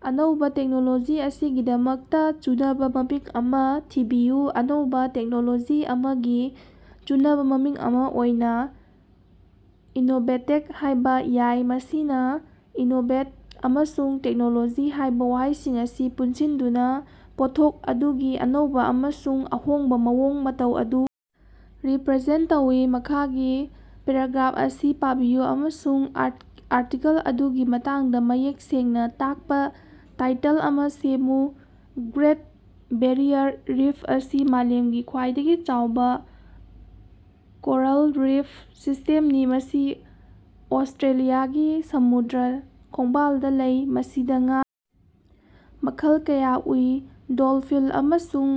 ꯑꯅꯧꯕ ꯇꯦꯛꯅꯣꯂꯣꯖꯤ ꯑꯁꯤꯒꯤꯗꯃꯛꯇ ꯆꯨꯅꯕ ꯃꯃꯤꯡ ꯑꯃ ꯊꯤꯕꯤꯌꯨ꯫ ꯑꯅꯧꯕ ꯇꯦꯛꯅꯣꯂꯣꯖꯤ ꯑꯃꯒꯤ ꯆꯨꯅꯕ ꯃꯃꯤꯡ ꯑꯃ ꯑꯣꯏꯅ "ꯏꯅꯣꯚꯦꯇꯦꯛ" ꯍꯥꯏꯕ ꯌꯥꯏ ꯃꯁꯤꯅ "ꯏꯅꯣꯚꯦꯠ" ꯑꯃꯁꯨꯡ "ꯇꯦꯛꯅꯣꯂꯣꯖꯤ" ꯍꯥꯏꯕ ꯋꯥꯍꯩꯁꯤꯡ ꯑꯁꯤ ꯄꯨꯟꯁꯤꯟꯗꯨꯅ ꯄꯣꯠꯊꯣꯛ ꯑꯗꯨꯒꯤ ꯑꯅꯧꯕ ꯑꯃꯁꯨꯡ ꯑꯍꯣꯡꯕ ꯃꯑꯣꯡ ꯃꯇꯧ ꯑꯗꯨ ꯔꯤꯄ꯭ꯔꯖꯦꯟ ꯇꯧꯏ꯫ ꯃꯈꯥꯒꯤ ꯄꯦꯔꯥꯒ꯭ꯔꯥꯐ ꯑꯁꯤ ꯄꯥꯕꯤꯌꯨ ꯑꯃꯁꯨꯡ ꯑꯥꯔꯇꯤꯀꯜ ꯑꯗꯨꯒꯤ ꯃꯇꯥꯡꯗ ꯃꯌꯦꯛ ꯁꯦꯡꯅ ꯇꯥꯛꯄ ꯇꯥꯏꯇꯜ ꯑꯃ ꯁꯦꯝꯃꯨ꯫ ꯒ꯭ꯔꯦꯠ ꯕꯦꯔꯤꯌꯥꯔ ꯔꯤꯐ ꯑꯁꯤ ꯃꯥꯂꯦꯝꯒꯤ ꯈ꯭ꯋꯥꯏꯗꯒꯤ ꯆꯥꯎꯕ ꯀꯣꯔꯜ ꯔꯤꯐ ꯁꯤꯁꯇꯦꯝꯅꯤ, ꯃꯁꯤ ꯑꯣꯁꯇ꯭ꯔꯦꯂꯤꯌꯥꯒꯤ ꯁꯃꯨꯗ꯭ꯔ ꯈꯣꯡꯕꯥꯜꯗ ꯂꯩ꯫ ꯃꯁꯤꯗ ꯉꯥ ꯃꯈꯜ ꯀꯌꯥ ꯎꯏ, ꯗꯣꯜꯐꯤꯟ ꯑꯃꯁꯨꯡ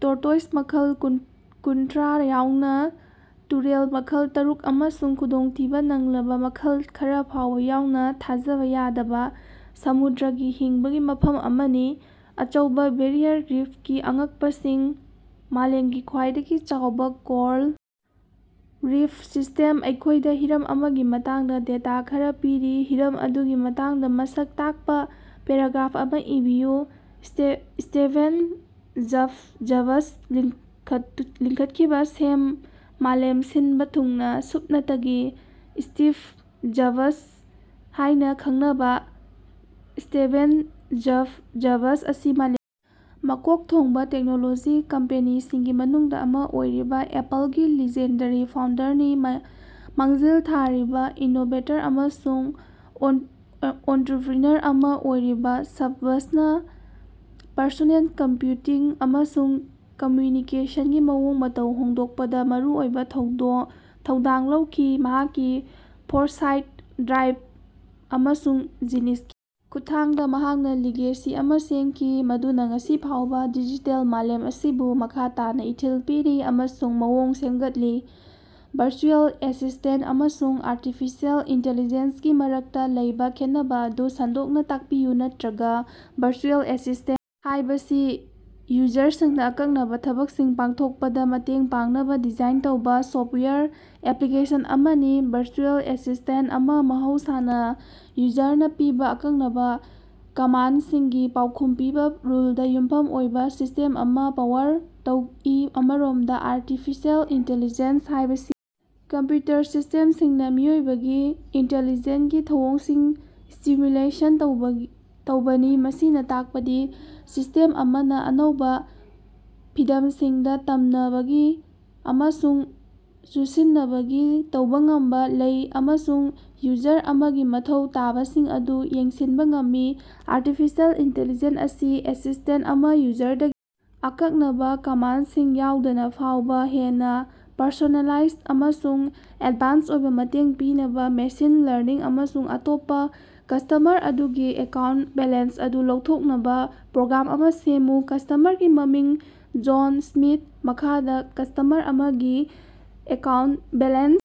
ꯇꯣꯔꯇꯣꯏꯖ ꯃꯈꯜ ꯀꯨꯟꯇꯔꯥ ꯌꯥꯎꯅ ꯇꯨꯔꯦꯜ ꯃꯈꯜ ꯇꯔꯨꯛ ꯑꯃꯁꯨꯡ ꯈꯨꯗꯣꯡꯊꯤꯕ ꯅꯪꯂꯕ ꯃꯈꯜ ꯈꯔ ꯐꯥꯎꯕ ꯌꯥꯎꯅ ꯊꯥꯖꯕ ꯌꯥꯗꯕ ꯁꯃꯨꯗ꯭ꯔꯒꯤ ꯍꯤꯡꯕꯒꯤ ꯃꯐꯝ ꯑꯃꯅꯤ꯫ ꯑꯆꯧꯕ ꯕꯦꯔꯤꯌꯥꯔ ꯔꯤꯐꯀꯤ ꯑꯉꯛꯄꯁꯤꯡ: ꯃꯥꯂꯦꯝꯒꯤ ꯈ꯭ꯋꯥꯏꯗꯒꯤ ꯆꯥꯎꯕ ꯀꯣꯜ ꯔꯤꯐ ꯁꯤꯁꯇꯦꯝ꯫ ꯑꯩꯈꯣꯏꯗ ꯍꯤꯔꯝ ꯑꯃꯒꯤ ꯃꯇꯥꯡꯗ ꯗꯦꯇꯥ ꯈꯔ ꯄꯤꯔꯤ꯫ ꯍꯤꯔꯝ ꯑꯗꯨꯒꯤ ꯃꯇꯥꯡꯗ ꯃꯁꯛ ꯇꯥꯛꯄ ꯄꯦꯔꯥꯒ꯭ꯔꯥꯐ ꯑꯃ ꯏꯕꯤꯌꯨ꯫ ꯁ꯭ꯇꯦꯚꯦꯟ ꯖꯕꯁ ꯂꯤꯡꯈꯠꯈꯤꯕ ꯁꯦꯝ ꯃꯥꯂꯦꯝ ꯁꯤꯟꯕ ꯊꯨꯡꯅ ꯁꯨꯞꯅꯇꯒꯤ ꯁ꯭ꯇꯤꯚ ꯖꯕꯁ ꯍꯥꯏꯅ ꯈꯪꯅꯕ ꯁ꯭ꯇꯦꯚꯦꯟ ꯖꯕꯁ ꯑꯁꯤ ꯃꯥꯂꯦꯝ ꯃꯀꯣꯛ ꯊꯣꯡꯕ ꯇꯦꯛꯅꯣꯂꯣꯖꯤ ꯀꯝꯄꯦꯅꯤꯁꯤꯡꯒꯤ ꯃꯅꯨꯡꯗ ꯑꯃ ꯑꯣꯏꯔꯤꯕ ꯑꯦꯄꯜꯒꯤ ꯂꯤꯖꯦꯟꯗꯥꯔꯤ ꯐꯥꯎꯟꯗꯔꯅꯤ꯫ ꯃꯥꯡꯖꯤꯜ ꯊꯥꯔꯤꯕ ꯏꯅꯣꯚꯦꯇꯔ ꯑꯃꯁꯨꯡ ꯑꯣꯟꯇ꯭ꯔꯨꯄ꯭ꯔꯤꯅꯔ ꯑꯃ ꯑꯣꯏꯔꯤꯕ ꯖꯕꯁꯅ ꯄꯔꯁꯣꯅꯦꯜ ꯀꯝꯄ꯭ꯌꯨꯇꯤꯡ ꯑꯃꯁꯨꯡ ꯀꯝꯃ꯭ꯌꯨꯅꯤꯀꯦꯁꯟꯒꯤ ꯃꯑꯣꯡ ꯃꯇꯧ ꯍꯣꯡꯗꯣꯛꯄꯗ ꯃꯔꯨꯑꯣꯏꯕ ꯊꯧꯗꯥꯡ ꯂꯧꯈꯤ꯫ ꯃꯍꯥꯛꯀꯤ ꯐꯣꯔꯁꯥꯏꯠ, ꯗ꯭ꯔꯥꯏꯕ ꯑꯃꯁꯨꯡ ꯖꯤꯅꯤꯁꯀꯤ ꯈꯨꯠꯊꯥꯡꯗ ꯃꯍꯥꯛꯅ ꯂꯤꯒꯦꯁꯤ ꯑꯃ ꯁꯦꯝꯈꯤ ꯃꯗꯨꯅ ꯉꯁꯤ ꯐꯥꯎꯕ ꯗꯤꯖꯤꯇꯦꯜ ꯃꯥꯂꯦꯝ ꯑꯁꯤꯕꯨ ꯃꯈꯥ ꯇꯥꯅ ꯏꯊꯤꯜ ꯄꯤꯔꯤ ꯑꯃꯁꯨꯡ ꯃꯑꯣꯡ ꯁꯦꯝꯒꯠꯂꯤ꯫ ꯚꯔꯆꯨꯑꯦꯜ ꯑꯦꯁꯤꯁꯇꯦꯟꯇ ꯑꯃꯁꯨꯡ ꯑꯥꯔꯇꯤꯐꯤꯁꯤꯑꯦꯜ ꯏꯟꯇꯦꯂꯤꯖꯦꯟꯁ ꯒꯤ ꯃꯔꯛꯇ ꯂꯩꯕ ꯈꯦꯠꯅꯕ ꯑꯗꯨ ꯁꯟꯗꯣꯛꯅ ꯇꯥꯛꯄꯤꯌꯨ ꯅꯠꯇ꯭ꯔꯒ ꯚꯔꯆꯨꯑꯦꯜ ꯑꯦꯁꯤꯁꯇꯦꯟ ꯍꯥꯏꯕꯁꯤ ꯌꯨꯖꯔꯁꯤꯡꯅ ꯑꯀꯛꯅꯕ ꯊꯕꯛꯁꯤꯡ ꯄꯥꯡꯊꯣꯛꯄꯗ ꯃꯇꯦꯡ ꯄꯥꯡꯅꯕ ꯗꯤꯖꯥꯏꯟ ꯇꯧꯕ ꯁꯣꯐꯇꯋꯥꯌꯔ ꯑꯦꯄ꯭ꯂꯤꯀꯦꯁꯟ ꯑꯃꯅꯤ꯫ ꯚꯔꯆꯨꯑꯦꯜ ꯑꯦꯁꯤꯁꯇꯦꯟꯇ ꯑꯃ ꯃꯍꯧꯁꯥꯅ ꯌꯨꯖꯔꯅ ꯄꯤꯕ ꯑꯀꯛꯅꯕ ꯀꯃꯥꯟꯗꯁꯤꯡꯒꯤ ꯄꯥꯎꯈꯨꯝ ꯄꯤꯕ ꯔꯨꯜꯗ ꯌꯨꯝꯐꯝ ꯑꯣꯏꯕ ꯁꯤꯁꯇꯦꯝ ꯑꯃꯅ ꯄꯥꯋꯔ ꯇꯧꯏ꯫ ꯑꯃꯔꯣꯝꯗ ꯑꯥꯔꯇꯤꯐꯤꯁꯤꯑꯦꯜ ꯏꯟꯇꯤꯂꯤꯖꯦꯟꯁ ꯍꯥꯏꯕꯁꯤ ꯀꯝꯄ꯭ꯌꯨꯇꯔ ꯁꯤꯁꯇꯦꯝꯁꯤꯡꯅ ꯃꯤꯑꯣꯏꯕꯒꯤ ꯏꯟꯇꯦꯂꯤꯖꯦꯟꯁꯀꯤ ꯊꯧꯑꯣꯡꯁꯤꯡ ꯁ꯭ꯇꯤꯃꯨꯂꯦꯁꯟ ꯇꯧꯕꯅꯤ꯫ ꯃꯁꯤꯅ ꯇꯥꯛꯄꯗꯤ ꯁꯤꯁꯇꯦꯝ ꯑꯃꯅ ꯑꯅꯧꯕ ꯐꯤꯚꯝꯁꯤꯡꯗ ꯇꯝꯅꯕꯒꯤ ꯑꯃꯁꯨꯡ ꯆꯨꯁꯤꯟꯅꯕꯒꯤ ꯇꯧꯕ ꯉꯝꯕ ꯂꯩ ꯑꯃꯁꯨꯡ ꯌꯨꯖꯔ ꯑꯃꯒꯤ ꯃꯊꯧ ꯇꯥꯕꯁꯤꯡ ꯑꯗꯨ ꯌꯦꯡꯁꯤꯟꯕ ꯉꯝꯃꯤ꯫ ꯑꯥꯔꯇꯤꯐꯤꯁꯤꯑꯦꯜ ꯏꯟꯇꯦꯂꯤꯖꯦꯟꯁ ꯒꯤ ꯑꯦꯁꯤꯁꯇꯦꯟꯇ ꯑꯃ ꯌꯨꯖꯔꯗꯒꯤ ꯑꯀꯛꯅꯕ ꯀꯃꯥꯟꯗꯁꯤꯡ ꯌꯥꯎꯗꯅ ꯐꯥꯎꯕ ꯍꯦꯟꯅ ꯄꯔꯁꯣꯅꯦꯂꯥꯏꯖ ꯑꯃꯁꯨꯡ ꯑꯦꯗꯚꯥꯟꯁ ꯑꯣꯏꯕ ꯃꯇꯦꯡ ꯄꯤꯅꯕ ꯃꯦꯁꯤꯟ ꯂꯔꯅꯤꯡ ꯑꯃꯁꯨꯡ ꯑꯇꯣꯞꯄ ꯀꯁꯇꯃꯔ ꯑꯗꯨꯒꯤ ꯑꯦꯀꯥꯎꯟꯇ ꯕꯦꯂꯦꯟꯁ ꯑꯗꯨ ꯂꯧꯊꯣꯛꯅꯕ ꯄ꯭ꯔꯣꯒ꯭ꯔꯥꯝ ꯑꯃ ꯁꯦꯝꯃꯨ꯫ ꯀꯁꯇꯃꯔꯒꯤ ꯃꯃꯤꯡ: ꯖꯣꯟ ꯁ꯭ꯃꯤꯊ꯫ ꯃꯈꯥꯗ ꯀꯁꯇꯃꯔ ꯑꯃꯒꯤ ꯑꯦꯀꯥꯎꯟꯇ ꯕꯦꯂꯦꯟꯁ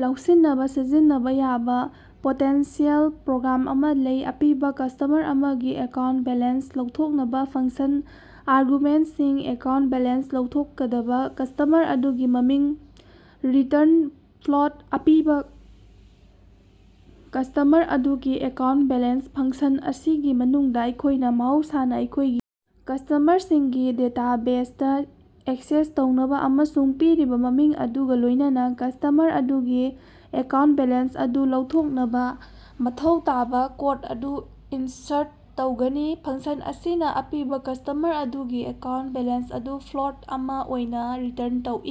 ꯂꯧꯁꯤꯟꯅꯕ ꯁꯤꯖꯤꯟꯅꯕ ꯌꯥꯕ ꯄꯣꯇꯦꯟꯁꯤꯑꯦꯜ ꯄ꯭ꯔꯣꯒ꯭ꯔꯥꯝ ꯑꯃ ꯂꯩ, ꯑꯄꯤꯕ ꯀꯁꯇꯃꯔ ꯑꯃꯒꯤ ꯑꯦꯀꯥꯎꯟꯇ ꯕꯦꯂꯦꯟꯁ ꯂꯧꯊꯣꯛꯅꯕ ꯐꯪꯁꯟ꯫ ꯑꯥꯔꯒꯨꯃꯦꯟꯇꯁꯤꯡ: ꯑꯦꯀꯥꯎꯟꯇ ꯕꯦꯂꯦꯟꯁ ꯂꯧꯊꯣꯛꯀꯗꯕ ꯀꯁꯇꯃꯔ ꯑꯗꯨꯒꯤ ꯃꯃꯤꯡ꯫ꯔꯤꯇꯔꯟ: ꯐ꯭ꯂꯣꯠ ꯑꯄꯤꯕ ꯀꯁꯇꯃꯔ ꯑꯗꯨꯒꯤ ꯑꯦꯀꯥꯎꯟꯇ ꯕꯦꯂꯦꯟꯁ ꯐꯪꯁꯟ ꯑꯁꯤꯒꯤ ꯃꯅꯨꯡꯗ, ꯑꯩꯈꯣꯏꯅ ꯃꯍꯧꯁꯥꯅ ꯑꯩꯈꯣꯏꯒꯤ ꯀꯁꯇꯃꯔꯁꯤꯡꯒꯤ ꯗꯦꯇꯥꯕꯦꯖꯗ ꯑꯦꯛꯁꯦꯁ ꯇꯧꯅꯕ ꯑꯃꯁꯨꯡ ꯄꯤꯔꯤꯕ ꯃꯃꯤꯡ ꯑꯗꯨꯒ ꯂꯣꯏꯅꯅ ꯀꯁꯇꯃꯔ ꯑꯗꯨꯒꯤ ꯑꯦꯀꯥꯎꯟꯇ ꯕꯦꯂꯦꯟꯁ ꯑꯗꯨ ꯂꯧꯊꯣꯛꯅꯕ ꯃꯊꯧ ꯇꯥꯕ ꯀꯣꯗ ꯑꯗꯨ ꯏꯟꯁꯔꯠ ꯇꯧꯒꯅꯤ꯫ ꯐꯪꯁꯟ ꯑꯁꯤꯅ ꯑꯄꯤꯕ ꯀꯁꯇꯃꯔ ꯑꯗꯨꯒꯤ ꯑꯦꯀꯥꯎꯟꯇ ꯕꯦꯂꯦꯟꯁ ꯑꯗꯨ ꯐ꯭ꯂꯣꯠ ꯑꯃ ꯑꯣꯏꯅ ꯔꯤꯇꯔꯟ ꯇꯧꯏ꯫